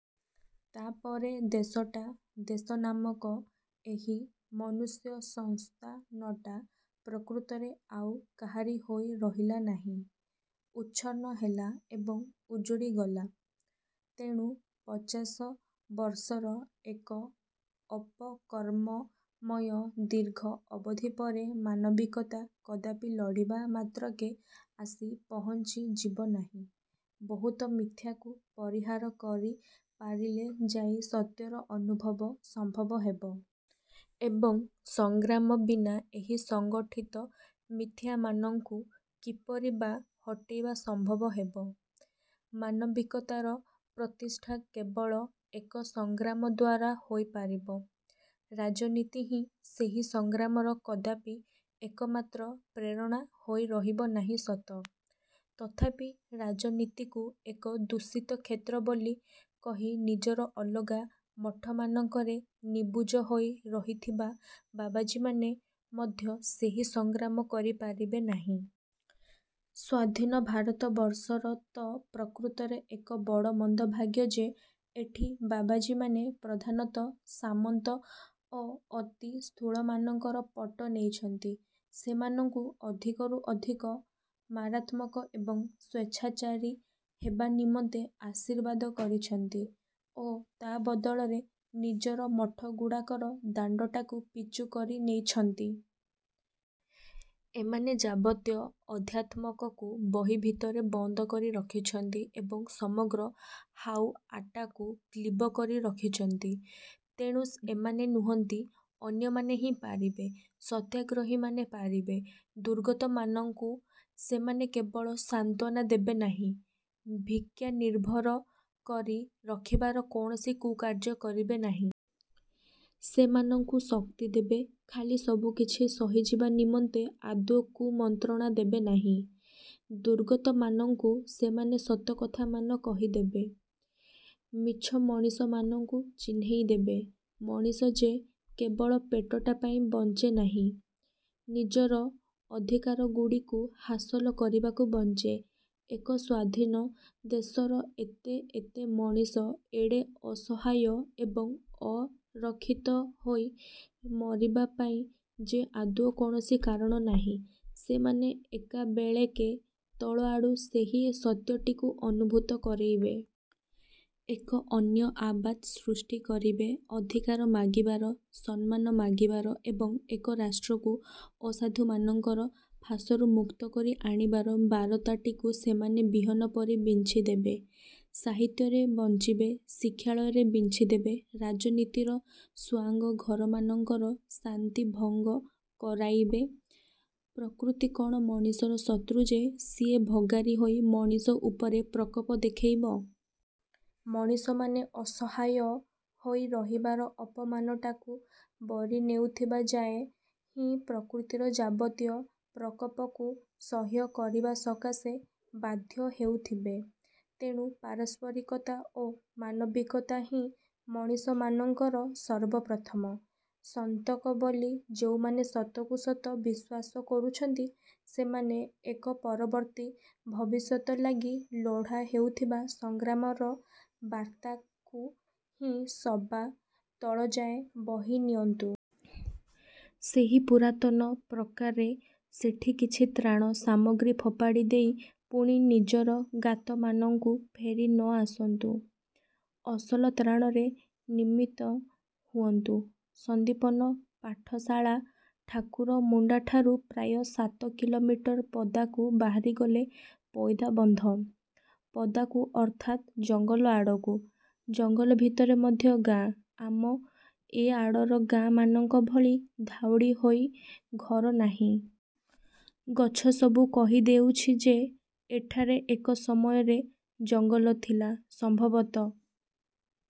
ତା'ପରେ ଦେଶଟା, ଦେଶନାମକ ଏହି ମନୁଷ୍ୟସଂସ୍ଥାନଟା ପ୍ରକୃତରେ ଆଉ କାହାରି ହୋଇ ରହିଲା ନାହିଁ। ଉଚ୍ଛନ୍ନ ହେଲା ଏବଂ ଉଜୁଡ଼ିଗଲା। ତେଣୁ, ପଚାଶ ବର୍ଷର ଏକ ଅପକର୍ମମୟ ଦୀର୍ଘ ଅବଧିପରେ ମାନବିକତା କଦାପି ଲୋଡ଼ିବା ମାତ୍ରକେ ଆସି ପହଂଚି ଯିବ ନାହିଁ। ବହୁତ ମିଥ୍ୟକୁ ପରିହାର କରିପାରିଲେ ଯାଇ ସତ୍ୟର ଅନୁଭବ ସମ୍ଭବ ହେବ। ଏବଂ, ସଂଗ୍ରାମ ବିନା ଏହି ସଂଗଠିତ ମିଥ୍ୟମାନଙ୍କୁ କିପରି ବା ହଟାଇବା ସମ୍ଭବ ହେବ? ମାନବିକତାର ପ୍ରତିଷ୍ଠା କେବଳ ଏକ ସଂଗ୍ରାମ ଦ୍ୱାରା ହୋଇପାରିବ। ରାଜନୀତି ହିଁ ସେହି ସଂଗ୍ରାମର କଦାପି ଏକମାତ୍ର ପ୍ରେରଣା ହୋଇ ରହିବନାହିଁ ସତ, ତଥାପି ରାଜନୀତିକୁ ଏକ ଦୂଷିତ କ୍ଷେତ୍ର ବୋଲି କହି ନିଜର ଅଲଗା ମଠମାନଙ୍କରେ ନିବୁଜ ହୋଇ ରହିଥିବା ବାବାଜୀମାନେ ମଧ୍ୟ ସେହି ସଂଗ୍ରାମ କରିପାରିବେ ନାହିଁ। ସ୍ୱାଧୀନ ଭାରତବର୍ଷର ତ ପ୍ରକୃତରେ ଏକ ବଡ଼ ମନ୍ଦଭାଗ୍ୟ ଯେ, ଏଠି ବାବାଜୀମାନେ ପ୍ରଧାନତଃ ସାମନ୍ତ ଓ ଅତିସ୍ଥୂଳମାନଙ୍କର ପଟ ନେଇଛନ୍ତି, ସେମାନଙ୍କୁ ଅଧିକରୁ ଅଧିକ ମାରାତ୍ମକ ଏବଂ ସ୍ୱେଚ୍ଛାଚାରୀ ହେବା ନିମନ୍ତେ ଆଶୀର୍ବାଦ କରିଛନ୍ତି ଓ ତା' ବଦଳରେ ନିଜର ମଠଗୁଡ଼ାକର ଦାଣ୍ଡଟାକୁ ପିଚୁ କରି ନେଇଛନ୍ତି। ଏମାନେ ଯାବତୀୟ ଅଧ୍ୟାତ୍ମକୁ ବହି ଭିତରେ ବନ୍ଦ କରି ରଖିଛନ୍ତି ଏବଂ ସମଗ୍ର ହାଉଆଟାକୁ କ୍ଲୀବ କରି ରଖିଛନ୍ତି। ତେଣୁ, ଏମାନେ ନୁହନ୍ତି, ଅନ୍ୟମାନେ ହିଁ ପାରିବେ। ସତ୍ୟାଗ୍ରହୀମାନେ ପାରିବେ। ଦୁର୍ଗତମାନଙ୍କୁ ସେମାନେ କେବଳ ସାନ୍ତ୍ୱନା ଦେବେନାହିଁ, ଭିକ୍ଷାନିର୍ଭର କରି ରଖିବାର କୌଣସି କୁକାର୍ଯ୍ୟ କରିବେ ନାହିଁ। ସେମାନଙ୍କୁ ଶକ୍ତି ଦେବେ। ଖାଲି ସବୁକିଛି ସହିଯିବା ନିମନ୍ତେ ଆଦୌ କୁମନ୍ତ୍ରଣା ଦେବେ ନାହିଁ। ଦୁର୍ଗତମାନଙ୍କୁ ସେମାନେ ସତକଥାମାନ କହିଦେବେ। ମିଛ ମଣିଷମାନଙ୍କୁ ଚିହ୍ନାଇଦେବେ। ମଣିଷ ଯେ କେବଳ ପେଟଟା ପାଇଁ ବଂଚେ ନାହିଁ, ନିଜର ଅଧିକାରଗୁଡ଼ିକୁ ହାସଲ କରିବାକୁ ବଂଚେ, ଏକ ସ୍ୱାଧୀନ ଦେଶର ଏତେ ଏତେ ମଣିଷ ଏଡ଼େ ଅସହାୟ ଏବଂ ଅରକ୍ଷିତ ହୋଇ ମରିବା ପାଇଁ ଯେ ଆଦୌ କୌଣସି କାରଣ ନାହିଁ, ସେମାନେ ଏକାବେଳେକେ ତଳଆଡୁ ସେହି ସତ୍ୟଟିକୁ ଅନୁଭୂତ କରାଇବେ। ଏକ ଅନ୍ୟ ଆବାଜ ସୃଷ୍ଟି କରିବେ। ଅଧିକାର ମାଗିବାର, ସମ୍ମାନ ମାଗିବାର ଏବଂ ଏକ ରାଷ୍ଟ୍ରକୁ ଅସାଧୁମାନଙ୍କର ଫାଶରୁ ମୁକ୍ତ କରି ଆଣିବାର ବାରତାଟିକୁ ସେମାନେ ବିହନ ପରି ବିଞ୍ଚିଦେବେ। ସାହିତ୍ୟରେ ବଂଚିବେ, ଶିକ୍ଷାଳୟରେ ବିଞ୍ଚିଦେବେ, ରାଜନୀତିର ସୁଆଙ୍ଗ-ଘରମାନଙ୍କର ଶାନ୍ତିଭଙ୍ଗ କରାଇବେ। ପ୍ରକୃତି କ'ଣ ମଣିଷର ଶତ୍ରୁ ଯେ ସିଏ ଭଗାରି ହୋଇ ମଣିଷ ଉପରେ ପ୍ରକୋପ ଦେଖାଇବ? ମଣିଷମାନେ ଅସହାୟ ହୋଇ ରହିବାର ଅପମାନଟାକୁ ବରି ନେଉଥିବା ଯାଏ ହିଁ ପ୍ରକୃତିର ଯାବତୀୟ ପ୍ରକୋପକୁ ସହ୍ୟ କରିବା ସକାଶେ ବାଧ୍ୟ ହେଉଥିବେ। ତେଣୁ, ପାରସ୍ପରିକତା ଓ ମାନବିକତା ହିଁ ମଣିଷମାନଙ୍କର ସର୍ବପ୍ରଥମ। ସନ୍ତକ ବୋଲି ଯେଉଁମାନେ ସତକୁ ସତ ବିଶ୍ୱାସ କରୁଛନ୍ତି, ସେମାନେ ଏକ ପରବର୍ତ୍ତୀ ଭବିଷ୍ୟତ ଲାଗି ଲୋଡ଼ା ହେଉଥିବା ସଂଗ୍ରାମର ବାର୍ତ୍ତାକୁ ହିଁ ସବା ତଳଯାଏ ବହିନିଅନ୍ତୁ। ସେହି ପୁରାତନ ପ୍ରକାରେ ସେଠି କିଛି ତ୍ରାଣ ସାମଗ୍ରୀ ଫୋପାଡ଼ି ଦେଇ ପୁଣି ନିଜର ଗାତମାନଙ୍କୁ ଫେରି ନଆସନ୍ତୁ। ଅସଲ ତ୍ରାଣରେ ନିମିତ୍ତ ହୁଅନ୍ତୁ। ସନ୍ଦୀପନ ପାଠଶାଳା ଠାକୁରମୁଣ୍ଡାଠାରୁ ପ୍ରାୟ ସାତ କିଲୋମିଟର ପଦାକୁ ବାହାରିଗଲେ ପଇଦାବନ୍ଧ। ପଦାକୁ ଅର୍ଥାତ୍ ଜଙ୍ଗଲ ଆଡ଼କୁ। ଜଙ୍ଗଲ ଭିତରେ ମଧ୍ୟ ଗାଆଁ, ଆମ ଏ ଆଡ଼ର ଗାଆଁମାନଙ୍କ ଭଳି ଧାଉଡ଼ି ହୋଇ ଘର ନାହିଁ। ଗଛ ସବୁ କହିଦେଉଛି ଯେ, ଏଠାରେ ଏକ ସମୟରେ ଜଙ୍ଗଲ ଥିଲା। ସମ୍ଭବତଃ